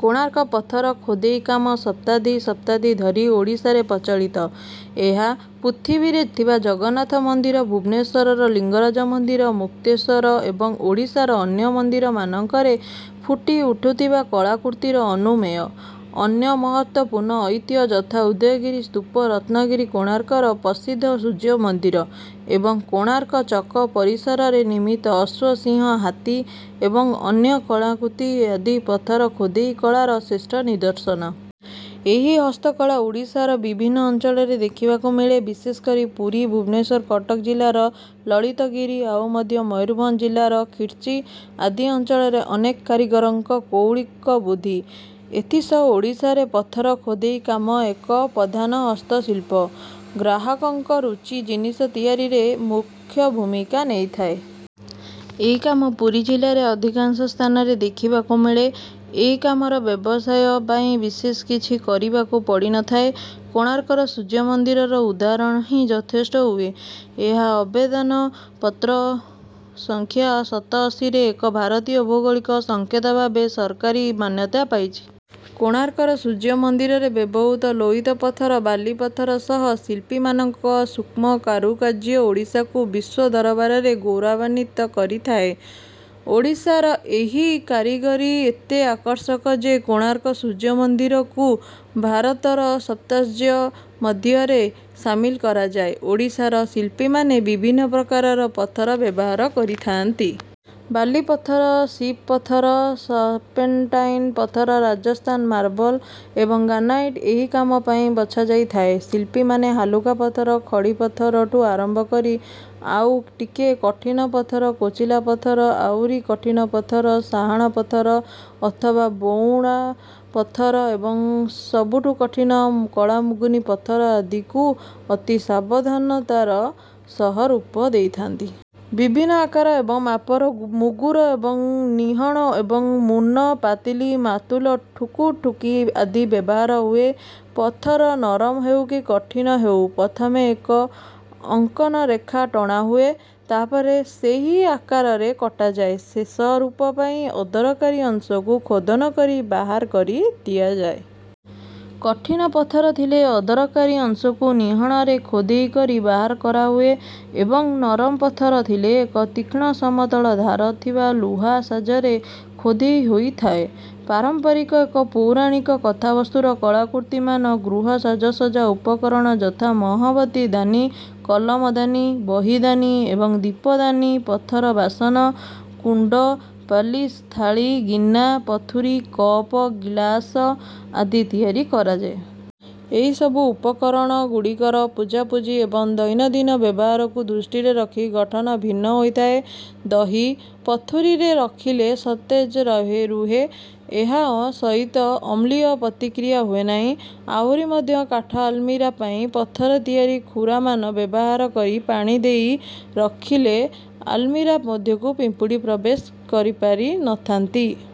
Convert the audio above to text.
କୋଣାର୍କ ପଥର ଖୋଦେଇ କାମ ଶତାବ୍ଦୀ ଶତାବ୍ଦୀ ଧରି ଓଡ଼ିଶାରେ ପ୍ରଚଳିତ। ଏହା ପୁରୀରେ ଥିବା ଜଗନ୍ନାଥ ମନ୍ଦିର ଭୁବନେଶ୍ୱରର ଲିଙ୍ଗରାଜ ମନ୍ଦିର ମୁକ୍ତେଶ୍ୱର ଏବଂ ଓଡ଼ିଶାର ଅନ୍ୟ ମନ୍ଦିରମାନଙ୍କରେ ଫୁଟିଉଠିଥିବା କଳାକୃତିରୁ ଅନୁମେୟ। ଅନ୍ୟ ମହତ୍ତ୍ୱପୂର୍ଣ୍ଣ ଐତିହ୍ୟ ଯଥା ଉଦୟଗିରି ସ୍ତୂପ ରତ୍ନଗିରି କୋଣାର୍କର ପ୍ରସିଦ୍ଧ ସୂର୍ଯ୍ୟମନ୍ଦିର ଏବଂ କୋଣାର୍କ ଚକ ପରିସରରେ ନିର୍ମିତ ଅଶ୍ୱ ସିଂହ ହାତୀ ଏବଂ ଅନ୍ୟ କଳାକୃତି ଆଦି ପଥର ଖୋଦେଇ କଳାର ଶ୍ରେଷ୍ଠ ନିଦର୍ଶନ। ଏହି ହସ୍ତକଳା ଓଡ଼ିଶାର ବିଭିନ୍ନ ଅଞ୍ଚଳରେ ଦେଖିବାକୁ ମିଳେ। ବିଶେଷକରି ପୁରୀ ଭୁବନେଶ୍ୱର କଟକ ଜିଲ୍ଲାର ଲଳିତଗିରି ଆଉ ମଧ୍ୟ ମୟୂରଭଞ୍ଜ ଜିଲ୍ଲାର ଖିରଚି ଆଦି ଅଞ୍ଚଳରେ ଅନେକ କାରିଗରଙ୍କ କୌଳିକ ବୁଧି। ଏଥିସହ ଓଡ଼ିଶାରେ ପଥର ଖୋଦେଇ କାମ ଏକ ପଧାନ ହସ୍ତଶିଳ୍ପ। ଗ୍ରାହକଙ୍କ ରୁଚି ଜିନିଷ ତିଆରିରେ ମୁଖ୍ୟ ଭୂମିକା ନେଇଥାଏ। ଏହି କାମ ପୁରୀ ଜିଲ୍ଲାରେ ଅଧିକାଂଶ ସ୍ଥାନରେ ଦେଖିବାକୁ ମିଳେ। ଏହି କାମର ବ୍ୟବସାୟ ପାଇଁ ବିଶେଷ କିଛି କରିବାକୁ ପଡ଼ିନଥାଏ। କୋଣାର୍କର ସୂର୍ଯ୍ୟମନ୍ଦିରର ଉଦାହରଣ ହିଁ ଯଥେଷ୍ଟ ହୁଏ। ଏହା ଆବେଦନ ପତ୍ର ସଂଖ୍ୟା ସତଅଶୀରେ ଏକ ଭାରତୀୟ ଭୌଗୋଳିକ ସଂକେତ ଭାବେ ସରକାରୀ ମାନ୍ୟତା ପାଇଛି। କୋଣାର୍କର ସୂର୍ଯ୍ୟମନ୍ଦିରରେ ବ୍ୟବହୃତ ଲୋହିତ ପଥର ବାଲିପଥର ସହ ଶିଳ୍ପୀମାନଙ୍କ ସୂକ୍ଷ୍ମ କାରୁକାର୍ଯ୍ୟ ଓଡ଼ିଶାକୁ ବିଶ୍ୱ ଦରବାରରେ ଗୌରବାନ୍ୱିତ କରିଥାଏ। ଓଡ଼ିଶାର ଏହି କାରିଗରୀ ଏତେ ଆକର୍ଷକ ଯେ କୋଣାର୍କ ସୂର୍ଯ୍ୟମନ୍ଦିରକୁ ଭାରତର ସପ୍ତାଶ୍ଚର୍ଯ୍ୟ ମଧ୍ୟରେ ସାମିଲ କରାଯାଏ। ଓଡ଼ିଶାର ଶିଳ୍ପୀମାନେ ବିଭିନ୍ନ ପ୍ରକାରର ପଥର ବ୍ୟବହାର କରିଥାନ୍ତି। ବାଲିପଥର ସିପ ପଥର ସର୍ପେଣ୍ଟାଇନ ପଥର ରାଜସ୍ଥାନ ମାର୍ବଲ ଏବଂ ଗ୍ରାନାଇଟ ଏହି କାମ ପାଇଁ ବଛାଯାଇଥାଏ। ଶିଳ୍ପୀମାନେ ହାଲୁକା ପଥର ଖଡ଼ିପଥରଠୁ ଆରମ୍ଭ କରି ଆଉ ଟିକେ କଠିନ ପଥର କୋଚିଲା ପଥର ଆହୁରି କଠିନ ପଥର ସାହାଣ ପଥର ଅଥବା ବଉଳା ପଥର ଏବଂ ସବୁଠୁ କଠିନ କଳା ମୁଗୁନି ପଥର ଆଦିକୁ ଅତି ସାବଧାନତାର ସହ ରୂପ ଦେଇଥାନ୍ତି। ବିଭିନ୍ନ ଆକାର ଏବଂ ମାପର ମୁଗୁର ଏବଂ ନିହଣ ଏବଂ ମୁନ ପାତିଲି ମାର୍ତୁଲ ଠୁକୁ-ଠୁକି ଆଦି ବ୍ୟବହାର ହୁଏ। ପଥର ନରମ ହେଉ କି କଠିନ ହେଉ ପ୍ରଥମେ ଏକ ଅଙ୍କନ ରେଖା ଟଣାହୁଏ। ତାପରେ ସେହି ଆକାରରେ କଟାଯାଏ। ଶେଷ ରୂପ ପାଇଁ ଅଦରକାରୀ ଅଂଶକୁ ଖୋଦନ କରି ବାହାର କରିଦିଆଯାଏ। କଠିନ ପଥର ଥିଲେ ଅଦରକାରୀ ଅଂଶକୁ ନିହଣରେ ଖୋଦେଇ କରି ବାହାର କରାହୁଏ ଏବଂ ନରମ ପଥର ଥିଲେ ଏକ ତୀକ୍ଷ୍ଣ ସମତଳ ଧାର ଥିବା ଲୁହା ସାଜରେ ଖୋଦେଇ ହୋଇଥାଏ। ପାରମ୍ପରିକ ଏବଂ ପୌରାଣିକ କଥାବସ୍ତୁର କଳାକୃତିମାନ ଗୃହସାଜସଜ୍ଜା ଉପକରଣ ଯଥା ମହମବତୀ ଦାନି କଲମ ଦାନି ବହି ଦାନି ଏବଂ ଦୀପଦାନି ପଥର ବାସନ କୁଣ୍ଡ ପାଲିସ ଥାଳି ଗିନା ପଥୁରୀ କପ ଗିଲାସ ଆଦି ତିଆରି କରାଯାଏ। ଏହି ସବୁ ଉପକରଣଗୁଡ଼ିକର ପୂଜାପୂଜି ଏବଂ ଦୈନନ୍ଦିନ ବ୍ୟବହାରକୁ ଦୃଷ୍ଟିରେ ରଖି ଗଠନ ଭିନ୍ନ ହୋଇଥାଏ। ଦହି ପଥୁରୀରେ ରଖିଲେ ସତେଜ ରହେ ରୁହେ ଏହା ସହିତ ଅମ୍ଳୀୟ ପ୍ରତିକ୍ରିୟା ହୁଏନାହିଁ। ଆହୁରି ମଧ୍ୟ କାଠ ଆଲମିରା ପାଇଁ ପଥର ତିଆରି ଖୁରାମାନ ବ୍ୟବହାର କରି ପାଣି ଦେଇ ରଖିଲେ ଆଲମିରା ମଧ୍ୟକୁ ପିମ୍ପୁଡ଼ି ପ୍ରବେଶ କରିପାରିନଥାନ୍ତି।